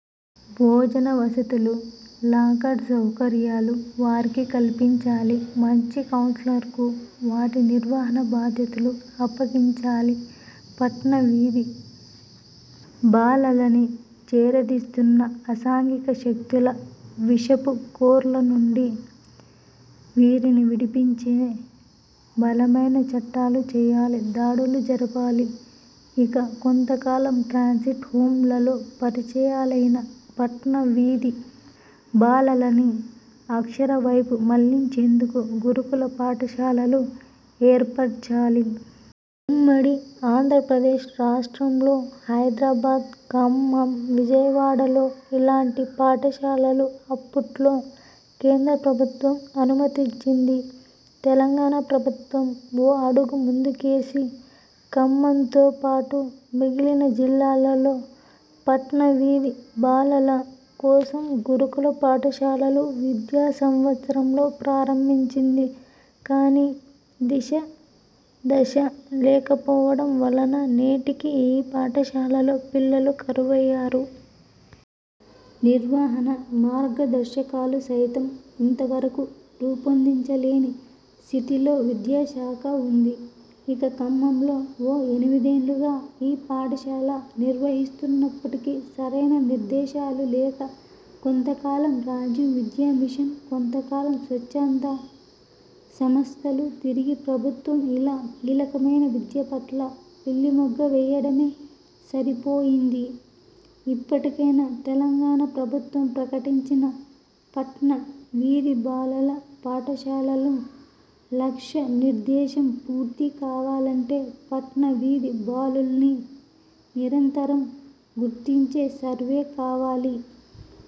భోజన వసతులు, లాకర్ సౌకర్యాలు వారికి కల్పించాలి. మంచి కౌన్సిలర్స్కు వాటి నిర్వహణా బాధ్యతలు అప్పగించాలి. పట్టణ వీధి బాలల్ని చేరదీస్తున్న అసాంఘిక శక్తుల విషపు కోరల్నుండి వీరిని విడిపించే బలమైన చట్టాలు చేయాలి. దాడులు జరపాలి. ఇక కొంతకాలం 'ట్రాన్సిట్ హోం'లలో పరిచయాలైన పట్టణ వీధి బాలల్ని అక్షరం వైపు మళ్లించేందుకు గురుకుల పాఠశాలలు ఏర్పరచాలి. ఉమ్మడి ఆంధ్రప్రదేశ్ రాష్ట్రంలో హైదరాబాద్, ఖమ్మం, విజయవాడలో ఇలాంటి పాఠశాలలు అప్పట్లో కేంద్ర ప్రభుత్వం అనుమతించింది. తెలంగాణ ప్రభుత్వం ఓ అడుగు ముందుకేసి ఖమ్మంతో పాటు మిగిలిన జిల్లాల్లో పట్టణ వీధి బాలల కోసం గురుకుల పాఠశాలలు విద్యా సంవత్సరంలో ప్రారంభించింది. కానీ దిశ, దశ లేకపోవడం వలన నేటికీ ఈ పాఠశాలల్లో పిల్లలు కరువయ్యారు. నిర్వహణా మార్గదర్శకాలు సైతం ఇంతవరకు రూపొందించలేని స్థితిలో విద్యాశాఖ ఉంది. ఇక ఖమ్మంలో ఓ ఎనిమిదేండ్లుగా ఈ పాఠశాల నిర్వహిస్తున్నప్పటికీ సరైన నిర్దేశాలు లేక కొంతకాలం రాజీవ్ విద్యామిషన్, కొంతకాలం స్వచ్ఛంద సంస్థలు, తిరిగి ప్రభుత్వం ఇలా కీలకమైన విద్యపట్ల పిల్లిమొగ్గవేయడమే సరిపోయింది. ఇప్పటికైనా తెలంగాణ ప్రభుత్వం ప్రకటించిన పట్టణ వీధి బాలల పాఠశాలలు లక్ష్య నిర్దేశం పూర్తి కావాలంటే పట్టణ వీధి బాలుల్ని నిరంతరం గుర్తించే సర్వేకావాలి.